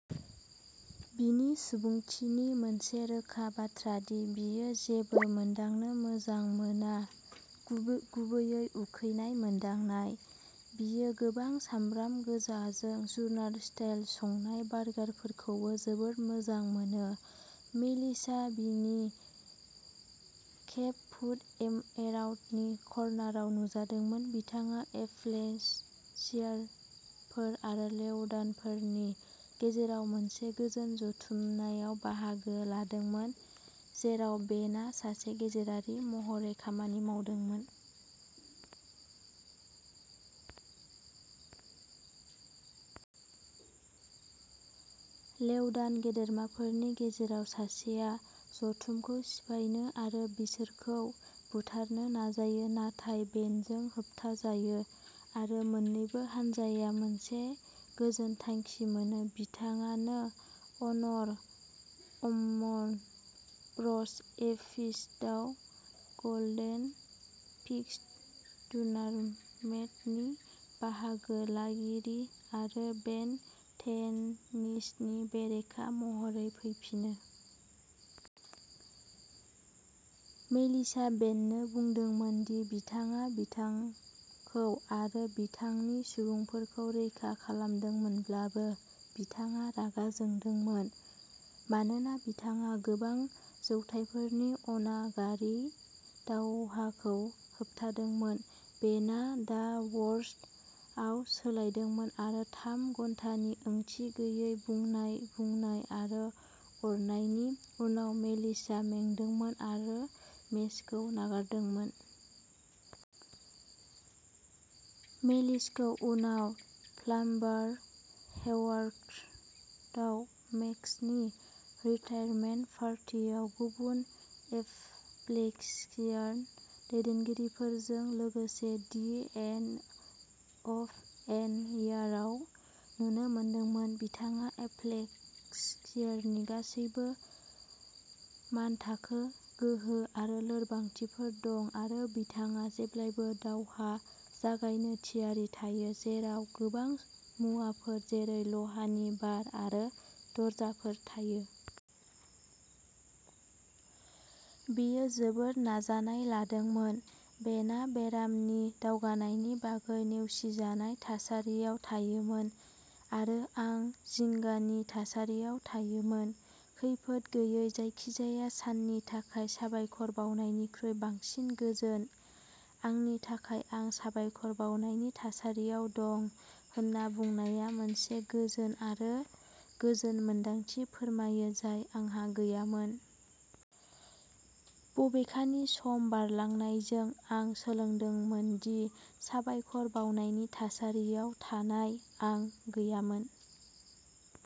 बिनि सुबुंथिनि मोनसे रोखा बाथ्रा दि बियो जेबो मोनदांनो मोजां मोना, गुबैयै उखैनाय मोनदांनाय। बियो गोबां सामब्राम गोजाजों जुनार-स्टाइल संनाय बार्गारफोरखौबो जोबोद मोजां मोनो। मेलिसआ गिबि खेब फुड एराउन्ड दि कर्नारआव नुजादोंमोन। बिथाङा एप'प्लेक्सियानफोर आरो लेव'डानफोरनि गेजेराव मोनसे गोजोन जथुमनायाव बाहागो लादोंमोन, जेराव बेनआ सासे गेजेरारि महरै खामानि मावदोंमोन। लेव'डान गेदेमाफोरनि गेजेराव सासेया जथुमखौ सिफायनो आरो बिसोरखौ बुथारनो नाजायो। नाथाय बेनजों होबथाजायो, आरो मोन्नैबो हानजाया मोनसे गोजोन थांखि मोनो। बिथाङा नो अन'र अमंग ब्र'स एपिस'डआव गल्डेन फिस्ट टुर्नामेन्टनि बाहागो लागिरि आरो बेन टेनिसननि बेरेखा महरै फैफिनो। मेलिसआ बेननो बुंदोंमोन दि बिथाङा बिथांखौ आरो बिथांनि सुबुंफोरखौ रैखा खालामदोंमोनब्लाबो, बिथाङा रागा जोंदोंमोन मानोना बिथाङा गोबां जौथाइफोरनि अनागारि दावहाखौ होबथादोंमोन। बेनआ दा वर्स्टआव सोलायदोंमोन, आरो थाम घन्टानि ओंथि गैयै बुनाय, बुनाय आरो अरनायनि उनाव, मेलिसआ मेंदोंमोन आरो मेचखौ नागारदोंमोन। मेलिसखौ उनाव प्लाम्बार हेडक्वार्टार्सआव मेक्सनि रिटायारमेन्ट पार्टियाव गुबुन एप'प्लेक्सियान दैदेनगिरिफोरजों लोगोसे दि एन्ड अफ एन इरायाव नुनो मोनदोंमोन। बिथांहा एप'प्लेक्सियाननि गासैबो मानथाखो गोहो आरो लोरबांथिफोर दं आरो बिथाङा जेब्लाबो दावहा जागायनो थियारि थायो, जेराव गोथां मुवाफोर जेरै लहानि बार आरो दरजाफोर थायो। बेयो जोबोद नाजानाय लादोंमोन। बेनआ बेरामनि दावगानायनि बागै नेवसिजानाय थासारियाव थायोमोन, आरो आं जिंगानि थासारियाव थायोमोन, खैफोद गैयै जायखिजाया साननि थाखाय साबायखर बावनायनिख्रुइ बांसिन गोजोन। आंनि थाखाय, आं साबायखर बावनायनि थासारियाव दं होन्ना बुंनाया मोनसे गोजोन आरो गोजोन मोन्दांथि फोरमायो जाय आंहा गैयामोन। बबेखानि, सम बारलांनायजों, आं सोलोंदोंमोन दि" साबायखर बावनायनि थासारियाव थानाय "आ गैयामोन।